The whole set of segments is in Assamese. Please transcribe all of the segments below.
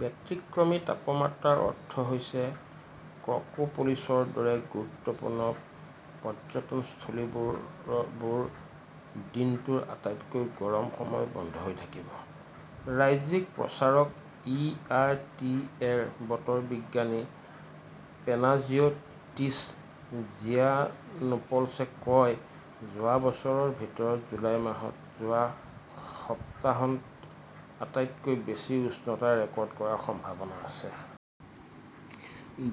ব্যতিক্ৰমী তাপমাত্ৰাৰ অৰ্থ হৈছে এক্ৰোপলিছৰ দৰে গুৰুত্বপূৰ্ণ পৰ্যটনস্থলীবোৰ দিনটোৰ আটাইতকৈ গৰম সময়ত বন্ধ হৈ থাকিব। ৰাজ্যিক সম্প্ৰচাৰক ই. আৰ. টি.ৰ বতৰ বিজ্ঞানী পেনাজিঅ টিছ জিয়ানোপ'লছে কয়, যোৱা বছৰৰ ভিতৰত জুলাই মাহত যোৱা সপ্তাহান্তত আটাইতকৈ বেছি উষ্ণতা ৰেকৰ্ড কৰাৰ সম্ভাৱনা আছে।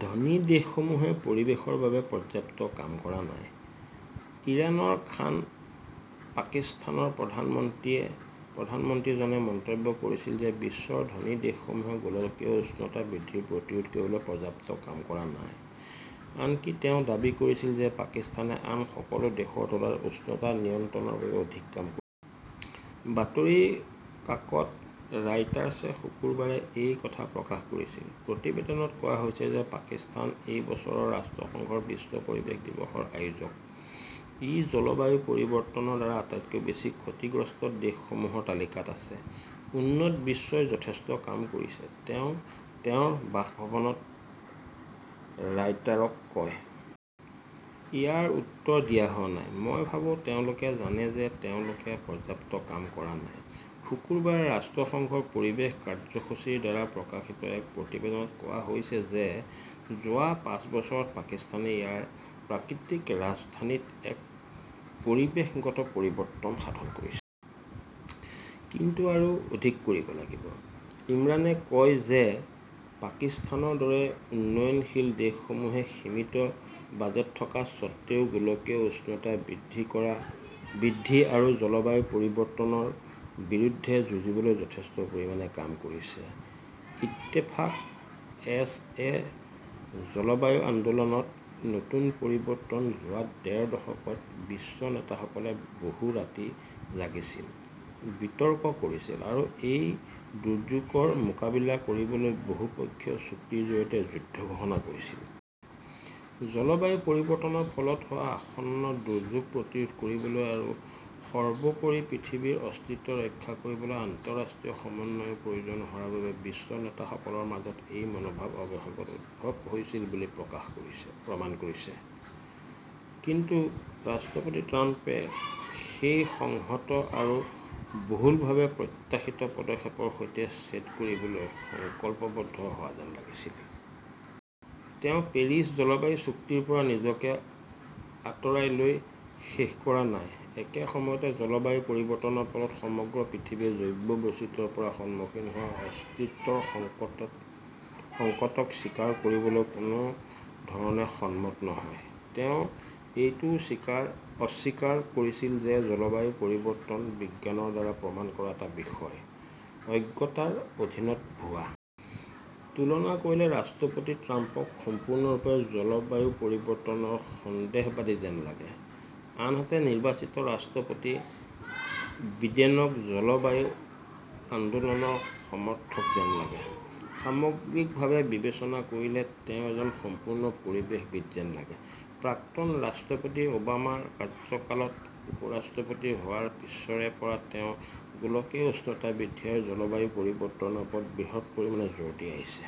ধনী দেশসমূহে পৰিৱেশৰ বাবে পৰ্যাপ্ত কাম কৰা নাই, ইমৰান খান পাকিস্তানৰ প্ৰধানমন্ত্ৰী জনে মন্তব্য কৰিছিল যে বিশ্বৰ ধনী দেশসমূহে গোলকীয় উষ্ণতা বৃদ্ধি প্ৰতিৰোধ কৰিবলৈ পৰ্যাপ্ত কাম কৰা নাই। আনকি তেওঁ দাবী কৰিছিল যে পাকিস্তানে আন সকলো দেশৰ তুলনাত উষ্ণতা নিয়ন্ত্ৰণৰ বাবে অধিক কাম কৰিছে। বাতৰি কাকত ৰয়টাৰ্ছে শুকুৰবাৰে এই কথা প্ৰকাশ কৰিছিল। প্ৰতিবেদনত কোৱা হৈছে যে পাকিস্তান এই বছৰ ৰাষ্ট্ৰসংঘৰ বিশ্ব পৰিৱেশ দিৱসৰ আয়োজক। ই জলবায়ু পৰিৱৰ্তনৰ দ্বাৰা আটাইতকৈ বেছি ক্ষতিগ্ৰস্ত দেশসমূহৰ তালিকাত আছে। উন্নত বিশ্বই যথেষ্ট কাম কৰিছে, তেওঁ, তেওঁৰ বাসভৱনত ৰয়টাৰক কয়? ইয়াৰ উত্তৰ দিয়া হোৱা নাই। মই ভাবো তেওঁলোকে জানে যে তেওঁলোকে পৰ্যাপ্ত কাম কৰা নাই। শুকুৰবাৰে ৰাষ্ট্ৰসংঘৰ পৰিৱেশ কাৰ্যসূচীৰ দ্বাৰা প্ৰকাশিত এক প্ৰতিবেদনত কোৱা হৈছে যে, যোৱা পাঁচ বছৰত পাকিস্তানে ইয়াৰ প্ৰাকৃতিক ৰাজধানীত এক পৰিৱেশগত পৰিৱৰ্তন সাধন কৰিছে। কিন্তু আৰু অধিক কৰিব লাগিব। ইমৰানে লগতে কয় যে, পাকিস্তানৰ দৰে উন্নয়নশীল দেশসমূহে সীমিত বাজেট থকা স্বত্বেও গোলকীয় উষ্ণতা বৃদ্ধি আৰু জলবায়ু পৰিৱৰ্তনৰ বিৰুদ্ধে যুঁজিবলৈ যথেষ্ট পৰিমাণে কাম কৰিছে। ইত্তেফাক এছ. এ. জলবায়ু আন্দোলনত নতুন পৰিৱৰ্তন যোৱা ডেৰ দশকত বিশ্ব নেতাসকলে বহু ৰাতি জাগিছিল, বিতৰ্ক কৰিছিল আৰু এই দুৰ্যোগৰ মোকাবিলা কৰিবলৈ বহু-পক্ষীয় চুক্তিৰ জৰিয়তে যুদ্ধ ঘোষণা কৰিছিল। জলবায়ু পৰিৱৰ্তনৰ ফলত হোৱা আসন্ন দুৰ্যোগ প্ৰতিৰোধ কৰিবলৈ আৰু সৰ্বোপৰি পৃথিৱীৰ অস্তিত্ব ৰক্ষা কৰিবলৈ আন্তঃৰাষ্ট্ৰীয় সমন্বয়ৰ প্ৰয়োজন হোৱাৰ বাবে বিশ্ব নেতাসকলৰ মাজত এই মনোভাৱ অৱশেষত উদ্ভৱ হৈছিল বুলি প্ৰমাণ কৰে। কিন্তু ৰাষ্ট্ৰপতি ট্ৰাম্পে সেই সংহত আৰু বহুলভাৱে প্ৰত্যাশিত পদক্ষেপৰ সৈতে ছেদ কৰিবলৈ সংকল্পবদ্ধ হোৱা যেন লাগিছিল। তেওঁ পেৰিছ জলবায়ু চুক্তিৰ পৰা নিজকে আঁতৰাই লৈ শেষ কৰা নাই, একে সময়তে জলবায়ু পৰিৱৰ্তনৰ ফলত সমগ্ৰ পৃথিৱীয়ে জৈৱ বৈচিত্ৰ্যৰ পৰা সন্মুখীন হোৱা অস্তিত্বৰ সংকটক স্বীকাৰ কৰিবলৈ কোনো ধৰণে সন্মত নহয়। তেওঁ এইটোও অস্বীকাৰ কৰিছিল যে জলবায়ু পৰিৱৰ্তন বিজ্ঞানৰ দ্বাৰা প্ৰমাণ কৰা এটা বিষয়, অজ্ঞতাৰ অধীনত ভুৱা। তুলনা কৰিলে ৰাষ্ট্ৰপতি ট্ৰাম্পক সম্পূৰ্ণ ৰূপে জলবায়ু পৰিবৰ্তন সন্দেহবাদী যেন লাগে, আনহাতে নিৰ্বাচিত ৰাষ্ট্ৰপতি বিডেনক জলবায়ু আন্দোলনৰ সমৰ্থক যেন লাগে। সামগ্ৰিকভাৱে বিবেচনা কৰিলে তেওঁ এজন সম্পূৰ্ণ পৰিৱেশবিদ যেন লাগে। প্ৰাক্তন ৰাষ্ট্ৰপতি অ'বামাৰ কাৰ্যকালত উপ-ৰাষ্ট্ৰপতি হোৱাৰ পিছৰে পৰা তেওঁ গোলকীয় উষ্ণতা বৃদ্ধি আৰু জলবায়ু পৰিৱৰ্তনৰ ওপৰত বৃহৎ পৰিমাণে জোৰ দি আহিছে।